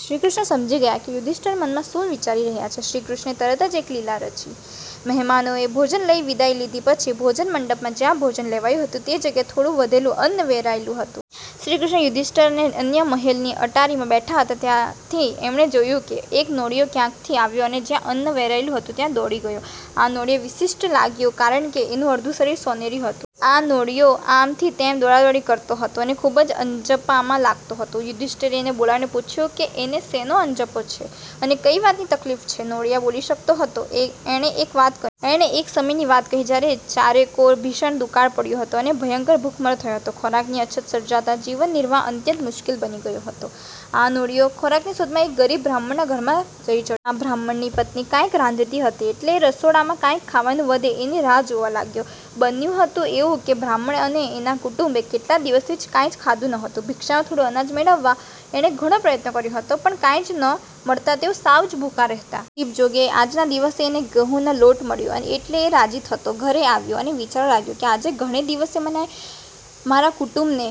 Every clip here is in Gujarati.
શ્રીકૃષ્ણ સમજી ગયા કે યુધિષ્ઠિર મનમાં શું વિચારી રહ્યા છે. શ્રીકૃષ્ણએ તરત જ એક લીલા રચી! મહેમાનોએ ભોજન લઇ વિદાઈ લીધી પછી ભોજનમંડપમાં જયાં ભોજન લેવાયું હતું તે જગ્યાએ થોડું વધેલું અન્ન વેરાયેલું હતું. શ્રીકૃષ્ણ, યુધિષ્ઠિર ને અન્ય મહેલની અટારીમાં બેઠા હતા ત્યાંથી એમણે જોયું કે એક નોળિયો ક્યાંકથી આવ્યો અને જયાં અન્ન વેરાયેલું હતું ત્યાં દોડી ગયો. આ નોળિયો વિશિષ્ઠ લાગ્યો કારણકે એનું અડધું શરીર સોનેરી હતું! આ નોળિયો આમ થી તેમ દોડાદોડી કરતો હતો અને ખુબ જ અંજપામાં લાગતો હતો. યુધિષ્ઠિરે એને બોલાવીને પૂછ્યું કે એને શેનો અંજપો છે અને કઈ વાતની તકલીફ છે? નોળિયો બોલી શકતો હતો.એ એણે એક વાત કહી. એણે એક સમયની વાત કહી જયારે ચારેકોર ભીષણ દુકાળ પડ્યો હતો અને ભયંકર ભૂખમરો થયો હતો. ખોરાકની અછત સર્જાતાં જીવનનિર્વાહ અત્યંત મુશ્કેલ બની ગયો હતો. આ નોળિયો ખોરાકની શોધમાં એક ગરીબ બ્રાહ્મણના ઘરમાં જઈ ચડ્યો. ત્યાં બ્રાહ્મણની પત્ની કાંઇક રાંધતી હતી એટલે એ રસોડામાં કાંઇક ખાવાનું વધે એની રાહ જોવા લાગ્યો. બન્યું હતું એવું કે બ્રાહ્મણ અને એના કુટુંબે કેટલાય દિવસોથી કાંઈ જ ખાધું નહોતું. ભિક્ષામાં થોડું અનાજ મેળવવા એણે ઘણો પ્રયત્ન કર્યો હતો પણ કાંઈ જ ન મળતાં તેઓ સાવ જ ભૂખ્ રહેતા. નસીબ જોગે આજના દિવસે એને ગહુનો લોટ મળ્યો અને એટલે એ રાજી થતો ઘરે આવ્યો અને વિચારવા લાગ્યો કે આજે ઘણે દિવસે મને મારા કુટુંબને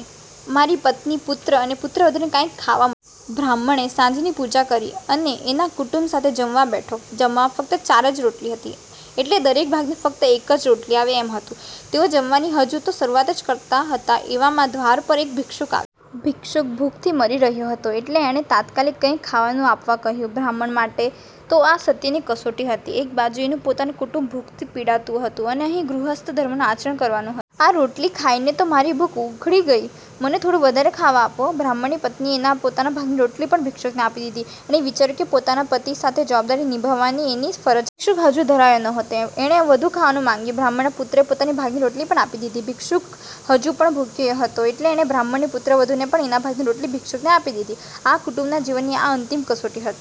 મારી પત્ની, પુત્ર, પુત્રવધૂ ને કાંઈક ખાવા બ્રાહ્મણે સાંજની પૂજા કરી અને એના કુટુંબ સાથે જમવા બેઠો. જમવામાં ફક્ત ચાર જ રોટલી હતી એટલે દરેક ભાગે ફક્ત એક જ રોટલી આવે એમ હતું! તેઓ જમવાની હજુ તો શરૂઆત જ કરતા હતા એવામાં દ્વાર પર એક ભિક્ષુક આવ્યો. ભિક્ષુક ભૂખથી મરી રહ્યો હતો એટલે એણે તાત્કાલિક કાંઇક ખાવાનું આપવા કહ્યું. બ્રાહ્મણ માટે તો આ સત્યની કસોટી હતી! એક બાજુ એનું પોતાનું કુટુંબ ભૂખથી પીડાતું હતું અને અહીં ગૃહસ્થ ધર્મનું આચરણ કરવાનું હતું! આ રોટલી ખાઈને તો મારી ભૂખ ઉઘડી ગઈ. મને થોડું વધારે ખાવા આપો". બ્રાહ્મણની પત્નીએ એના પોતાના ભાગ રોટલી પણ ભિક્ષુકને આપી દીધી. એણે વિચાર્યું કે પોતાના પતિ સાથે જવાબદારી નિભાવવાની એની જ ફરજ. ભિક્ષુક હજુ ધરાયો નહોતો. એણે વધુ ખાવાનું માંગ્યું. બ્રાહ્મણના પુત્રએ પોતાના ભાગની રોટલી પણ આપી દીધી. ભિક્ષુક હજુ પણ ભૂખ્ય હતો એટલે બ્રાહ્મણની પુત્રવધૂને પણ એના ભાગની રોટલી ભિક્ષુકને આપી દીધી. આ કુટુંબના જીવનની આ અંતિમ કસોટી હતી.